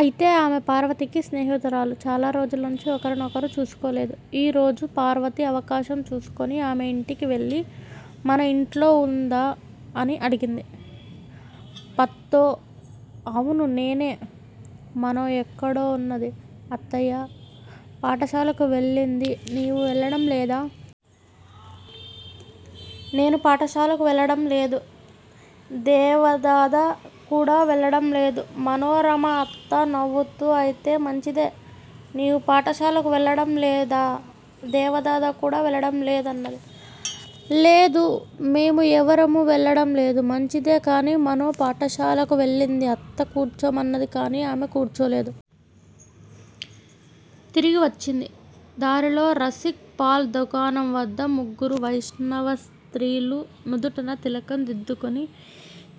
అయితే ఆమె పార్వతికి స్నేహితురాలు చాలా రోజులనుంచి ఒకరి నొకరు చూసుకోలేదు. ఈ రోజు, పార్వతి అవకాశం చూసుకొని ఆమె ఇంటికి వెళ్ళి మన ఇంట్లో వుందా? అని అడిగింది. పత్తో! అవును నేనే. మనో ఎక్కడున్నది అత్తయ్యా? పాఠశాలకు వెళ్ళింది నీవు వెళ్ళడం లేదా? నేను పాఠశాలకు వెళ్ళడంలేదు. దేవదాదా కూడా వెళ్ళడం లేదు. మనోరమ అత్త నవ్వుతూ అయితే మంచిదే! నీవూ పాఠ శాలకు వెళ్ళడంలేదు. దేవదాదా కూడా వెళ్ళడంలేదు అన్నది. లేదు, మేము ఎవ్వరమూ వెళ్ళడంలేదు. మంచిదే, కాని మనో పాఠశాలకు వెళ్ళింది. అత్త కూర్చోమన్నది. కాని ఆమె కూర్చోలేదు. తిరిగి వచ్చింది. దారిలో రసిక్ పాల్ దుకాణం వద్ద ముగ్గురు వైష్ణవ స్త్రీలు నుదుట తిలకం దిద్దుకుని,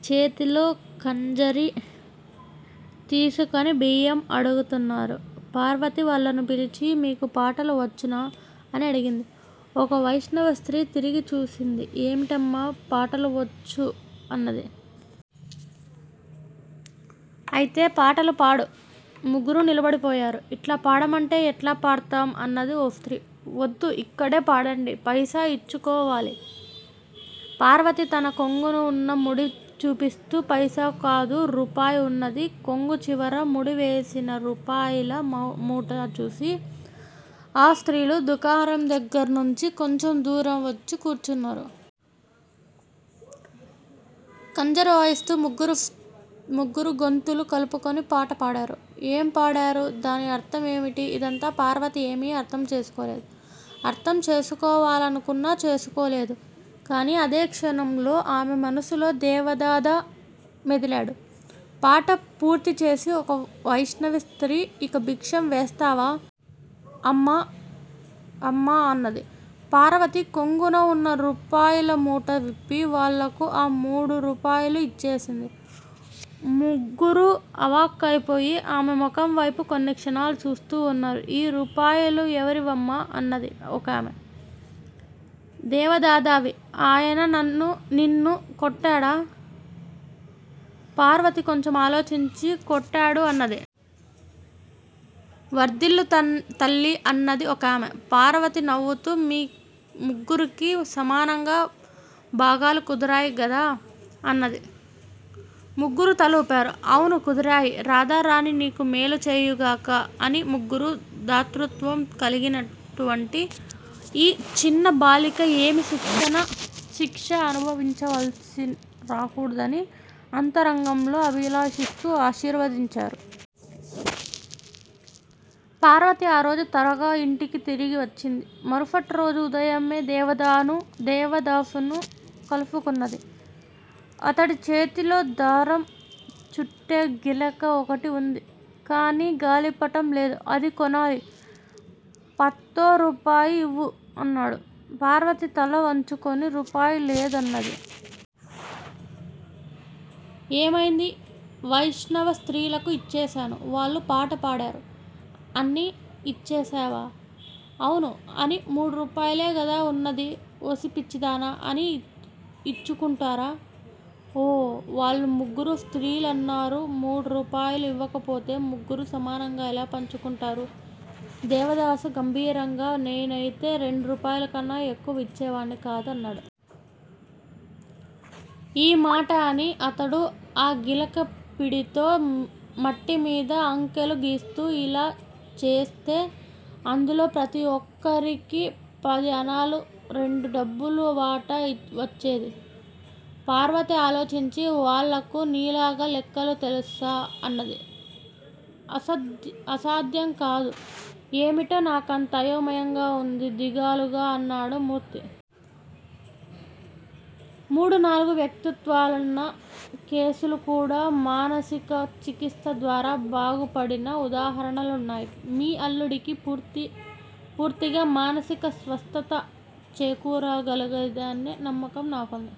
చేతిలో ఖంజరి తీసికొని బియ్యం అడుగుతున్నారు. పార్వతి వాళ్ళను పిలిచి మీకు పాటలు వచ్చునా? అని అడిగింది. ఒక వైష్ణవ స్త్రీ తిరిగి చూసింది ఏమిటమ్మా, పాటలు వచ్చు అన్నది. అయితే పాటలు పాడు! ముగ్గురూ నిలబడిపోయారు! ఇట్లా పాడమంటే ఎట్లా పాడతాము అన్నది ఒక స్త్రీ. వద్దు, ఇక్కడే పాడండి! పైసా ఇచ్చుకోవాలి! పార్వతి తన కొంగున ఉన్న ముడి చూపిస్తూ పైసా కాదు, రూపాయి వున్నది. కొంగు చివర ముడివేసిన రూపాయల మూట చూసి ఆ స్త్రీలు దుకాణం దగ్గర నుంచి కొంచెం దూరం వచ్చి కూర్చున్నారు. ఖంజరి వాయిస్తూ ముగ్గురూ గొంతులు కలుపుకొని పాట పాడారు. ఏమి పాడారు, దాని అర్ధమేమిటీ, ఇదంతా పార్వతి ఏమీ అర్ధం చేసుకోలేదు. అర్ధం చేసుకోవాలనుకున్నా చేసుకోలేదు. కాని అదే క్షణంలో ఆమె మనసులో దేవదాదా మెదిలాడు. పాట పూర్తిచేసి ఒక వైష్ణవ స్త్రీ ఇక భిక్ష వేస్తావా! అమ్మా! అన్నది. పార్వతి కొంగున ఉన్న రూపాయల మూట విప్పి వాళ్ళకు ఆ మూడు రూపాయలూ ఇచ్చేసింది. ముగ్గురూ అవాక్కయిపోయి ఆమె ముఖం వైపు కొన్ని క్షణాలు చూస్తూ వున్నారు. ఈ రూపాయలు ఎవరివమ్మా? అన్నది ఒకామె. దేవదాదావి. ఆయన నన్ను నిన్ను కొట్టడా? పార్వతి కొంచెం ఆలోచించి కొట్టడు అన్నది. వర్ధిల్లు తల్లీ అన్నది ఒకామె. పార్వతి నవ్వుతూ మీ ముగ్గురికీ సమానంగా బాగాలు కుదిరాయి గదా! అన్నది. ముగ్గురూ తల ఉపారు. అవును కుదిరాయి. రాధారాణి నీకు మేలు చేయుగాక! అని ముగ్గురూ దాతృత్వం కలిగినటువంటి ఈ చిన్న బాలిక ఏమీ శిక్ష అనుభవించవలసి రాకూడదని అంతరంగంలో అభిలషిస్తూ ఆశీర్వదించారు. పార్వతి ఆ రోజు త్వరగా ఇంటికి తిరిగి వచ్చింది. మరుసటి రోజు ఉదయమే దేవదవు దేవదాసును కలుసుకొన్నది. అతడి చేతిలో దారం చుట్టే గిలక ఒకటి వుంది. కాని గాలిపటం లేదు. అది కొనాలి. పత్తో, రూపాయి ఇవ్వు. అన్నాడు. పార్వతి తల వంచుకొని రూపాయి లేదు అన్నది. ఏమయింది? వైష్ణవ స్త్రీలకు ఇచ్చేశాను. వాళ్ళు పాట పాడారు. అన్నీ ఇచ్చేశావా? అవును, అన్ని మూడు రూపాయలే గదా వున్నది? ఓసి పిచ్చిదానా, అన్నీ ఇచ్చుకుంటారా? ఓహో! వాళ్ళు ముగ్గురు స్త్రీలున్నారు. మూడు రూపాయలు ఇవ్వకపోతే ముగ్గురూ సమానంగా ఎలా పంచుకుంటారు? దేవదాసు గాంభీర్యంగా నేనయితే రెండు రూపాయలు కన్నా ఎక్కువ ఇచ్చేవాణ్ని కాదు-అన్నాడు. ఈ మాట అని అతడు ఆ గిలక పిడితో మట్టిమీద అంకెలు గీస్తూ ఇలా చేస్తే అందులో ప్రతి ఒక్కరికీ పది అణాలు రెండు డబ్బుల వాటా వచ్చేది. పార్వతి ఆలోచించి వాళ్ళకు నీలాగా లెక్కలు తెలుసా? అన్నది. అసాధ్య అసాధ్యంకాదు. ఏమిటో నాకంతా అయోమయంగా వుంది దిగులుగా అన్నాడు మూర్తి. మూడు నాలుగు వ్యక్తిత్వాలున్న కేసులుకూడా, మానసిక చికిత్స ద్వారా బాగుపడిన ఉదాహరణలున్నాయి. మీ అల్లుడికి పూర్తిగా మనసి మానసిక స్వస్థత చేకూరగలదనే నమ్మకం నాకుంది.